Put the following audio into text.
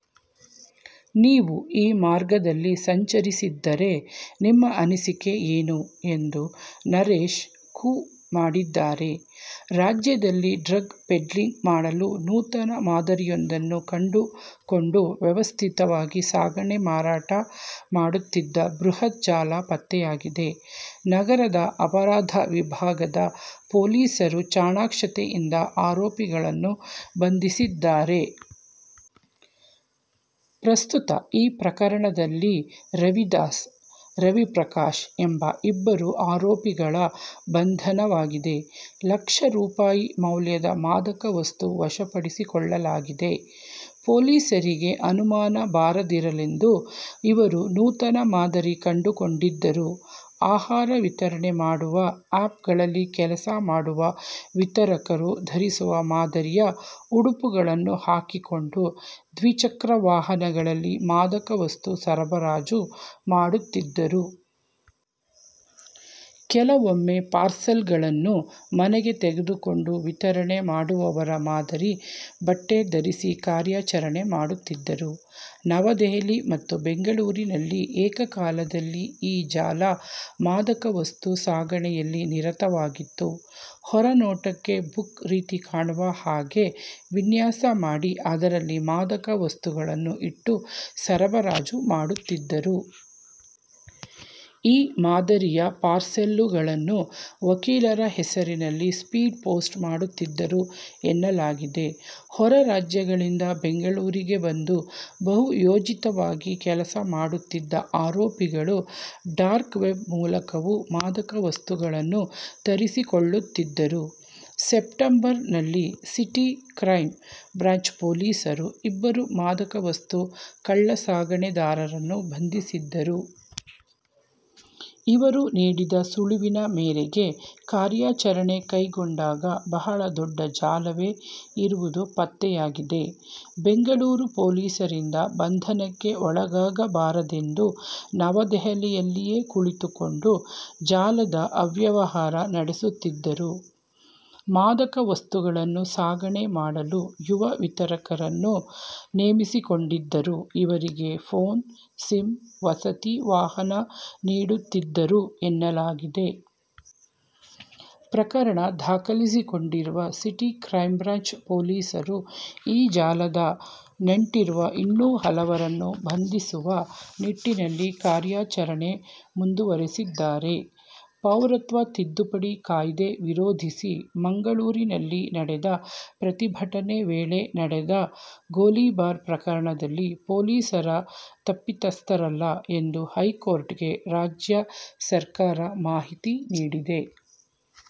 ನೀವೂ ಈ ಮಾರ್ಗದಲ್ಲಿ ಸಂಚರಿಸಿದ್ದರೆ ನಿಮ್ಮ ಅನಿಸಿಕೆ ಏನು? ' ಎಂದು ನರೇಶ್ ಕೂ ಮಾಡಿದ್ದಾರೆ. ರಾಜ್ಯದಲ್ಲಿ ಡ್ರಗ್ ಪೆಡ್ಲಿಂಗ್ ಮಾಡಲು ನೂತನ ಮಾದರಿಯೊಂದನ್ನು ಕಂಡುಕೊಂಡು ವ್ಯವಸ್ಥಿತವಾಗಿ ಸಾಗಣೆ ಮಾರಾಟ ಮಾಡುತ್ತಿದ್ದ ಬೃಹತ್ ಜಾಲ ಪತ್ತೆಯಾಗಿದೆ. ನಗರದ ಅಪರಾಧ ವಿಭಾಗದ ಪೊಲೀಸರು ಚಾಣಾಕ್ಷತೆಯಿಂದ ಆರೋಪಿಗಳನ್ನು ಬಂಧಿಸಿದ್ದಾರೆ. ಪ್ರಸ್ತುತ ಈ ಪ್ರಕರಣದಲ್ಲಿ ರವಿದಾಸ್, ರವಿ ಪ್ರಕಾಶ್ ಎಂಬ ಇಬ್ಬರು ಆರೋಪಿಗಳ ಬಂಧನವಾಗಿದೆ. ಲಕ್ಷ ರೂಪಾಯಿ ಮೌಲ್ಯದ ಮಾದಕ ವಸ್ತು ವಶಪಡಿಸಿಕೊಳ್ಳಲಾಗಿದೆ. ಪೊಲೀಸರಿಗೆ ಅನುಮಾನ ಬಾರದಿರಲೆಂದು ಇವರು ನೂತನ ಮಾದರಿ ಕಂಡು ಕೊಂಡಿದ್ದರು. ಆಹಾರ ವಿತರಣೆ ಮಾಡುವ ಆ್ಯಪ್ ಗಳಲ್ಲಿ ಕೆಲಸ ಮಾಡುವ ವಿತರಕರು ಧರಿಸುವ ಮಾದರಿಯ ಉಡುಪುಗಳನ್ನು ಹಾಕಿಕೊಂಡು ದ್ವಿಚಕ್ರ ವಾಹನಗಳಲ್ಲಿ ಮಾದಕ ವಸ್ತು ಸರಬರಾಜು ಮಾಡುತ್ತಿದ್ದರು. ಕೆಲವೊಮ್ಮೆ ಪಾರ್ಸೆಲ್ ಗಳನ್ನು ಮನೆಗೆ ಬಂದು ತೆಗೆದುಕೊಂಡು ವಿತರಣೆ ಮಾಡುವವರ ಮಾದರಿ ಬಟ್ಟೆ ಧರಿಸಿ ಕಾರ್ಯಾಚರಣೆ ಮಾಡುತ್ತಿದ್ದರು. ನವದೆಹಲಿ ಮತ್ತು ಬೆಂಗಳೂರಿನಲ್ಲಿ ಏಕಕಾಲದಲ್ಲಿ ಈ ಜಾಲ ಮಾದಕ ವಸ್ತು ಸಾಗಣೆಯಲ್ಲಿ ನಿರತವಾಗಿತ್ತು. ಹೊರನೋಟಕ್ಕೆ ಬುಕ್ ರೀತಿ ಕಾಣುವ ಹಾಗೆ ವಿನ್ಯಾಸ ಮಾಡಿ ಅದರಲ್ಲಿ ಮಾದಕ ವಸ್ತುಗಳನ್ನು ಇಟ್ಟು ಸರಬರಾಜು ಮಾಡುತ್ತಿದ್ದರು. ಈ ಮಾದರಿಯ ಪಾರ್ಸೆಲುಗಳನ್ನು ವಕೀಲರ ಹೆಸರಿನಲ್ಲಿ ಸ್ಪೀಡ್ ಪೋಸ್ಟ್ ಮಾಡುತ್ತಿದ್ದರು ಎನ್ನಲಾಗಿದೆ. ಹೊರರಾಜ್ಯಗಳಿಂದ ಬೆಂಗಳೂರಿಗೆ ಬಂದು ಬಹು ಯೋಜಿತವಾಗಿ ಕೆಲಸ ಮಾಡುತ್ತಿದ್ದ ಆರೋಪಿಗಳು ಡಾರ್ಕ್ ವೆಬ್ ಮೂಲಕವೂ ಮಾದಕ ವಸ್ತುಗಳನ್ನು ತರಿಸಿಕೊಳ್ಳುತ್ತಿದ್ದರು. ಸೆಪ್ಟೆಂಬರ್ ನಲ್ಲಿ ಸಿಟಿ ಕ್ರೈಮ್ ಬ್ರಾಂಚ್ ಪೊಲೀಸರು ಇಬ್ಬರು ಮಾದಕ ವಸ್ತು ಕಳ್ಳ ಸಾಗಾಣೆದಾರರನ್ನು ಬಂಧಿಸಿದ್ದರು. ಇವರು ನೀಡಿದ ಸುಳಿವಿನ ಮೇರೆಗೆ ಕಾರ್ಯಾಚರಣೆ ಕೈಗೊಂಡಾಗ ಬಹಳ ದೊಡ್ಡ ಜಾಲವೇ ಇರುವುದು ಪತ್ತೆಯಾಗಿದೆ. ಬೆಂಗಳೂರು ಪೊಲೀಸರಿಂದ ಬಂಧನಕ್ಕೆ ಒಳಗಾಗಬಾರದೆಂದು ನವದೆಹಲಿಯಲ್ಲಿಯೇ ಕುಳಿತುಕೊಂಡು ಜಾಲದ ಅವ್ಯವಹಾರ ನಡೆಸುತ್ತಿದ್ದರು, ಮಾದಕ ವಸ್ತುಗಳನ್ನು ಸಾಗಣೆ ಮಾಡಲು ಯುವ ವಿತರಕರನ್ನು ನೇಮಿಸಿಕೊಂಡಿದ್ದರು. ಇವರಿಗೆ ಪೋನ್, ಸಿಮ್, ವಸತಿ, ವಾಹನ ನೀಡುತ್ತಿದ್ದರು ಎನ್ನಲಾಗಿದೆ. ಪ್ರಕರಣ ದಾಖಲಿಸಿಕೊಂಡಿರುವ ಸಿಟಿ ಕ್ರೈಮ್ ಬ್ರಾಂಚ್ ಪೊಲೀಸರು ಈ ಜಾಲದ ನಂಟಿರುವ ಇನ್ನೂ ಹಲವರನ್ನು ಬಂಧಿಸುವ ನಿಟ್ಟಿನಲ್ಲಿ ಕಾರ್ಯಾಚರಣೆ ಮುಂದುವರಿಸಿದ್ದಾರೆ. ಪೌರತ್ವ ತಿದ್ದುಪಡಿ ಕಾಯ್ದೆ ವಿರೋಧಿಸಿ ಮಂಗಳೂರಿನಲ್ಲಿ ನಡೆದ ಪ್ರತಿಭಟನೆ ವೇಳೆ ನಡೆದ ಗೋಲಿಬಾರ್ ಪ್ರಕರಣದಲ್ಲಿ ಪೊಲೀಸರ ತಪ್ಪಿತಸ್ಥರಲ್ಲ ಎಂದು ಹೈಕೋರ್ಟ್'ಗೆ ರಾಜ್ಯ ಸರ್ಕಾರ ಮಾಹಿತಿ ನೀಡಿದೆ.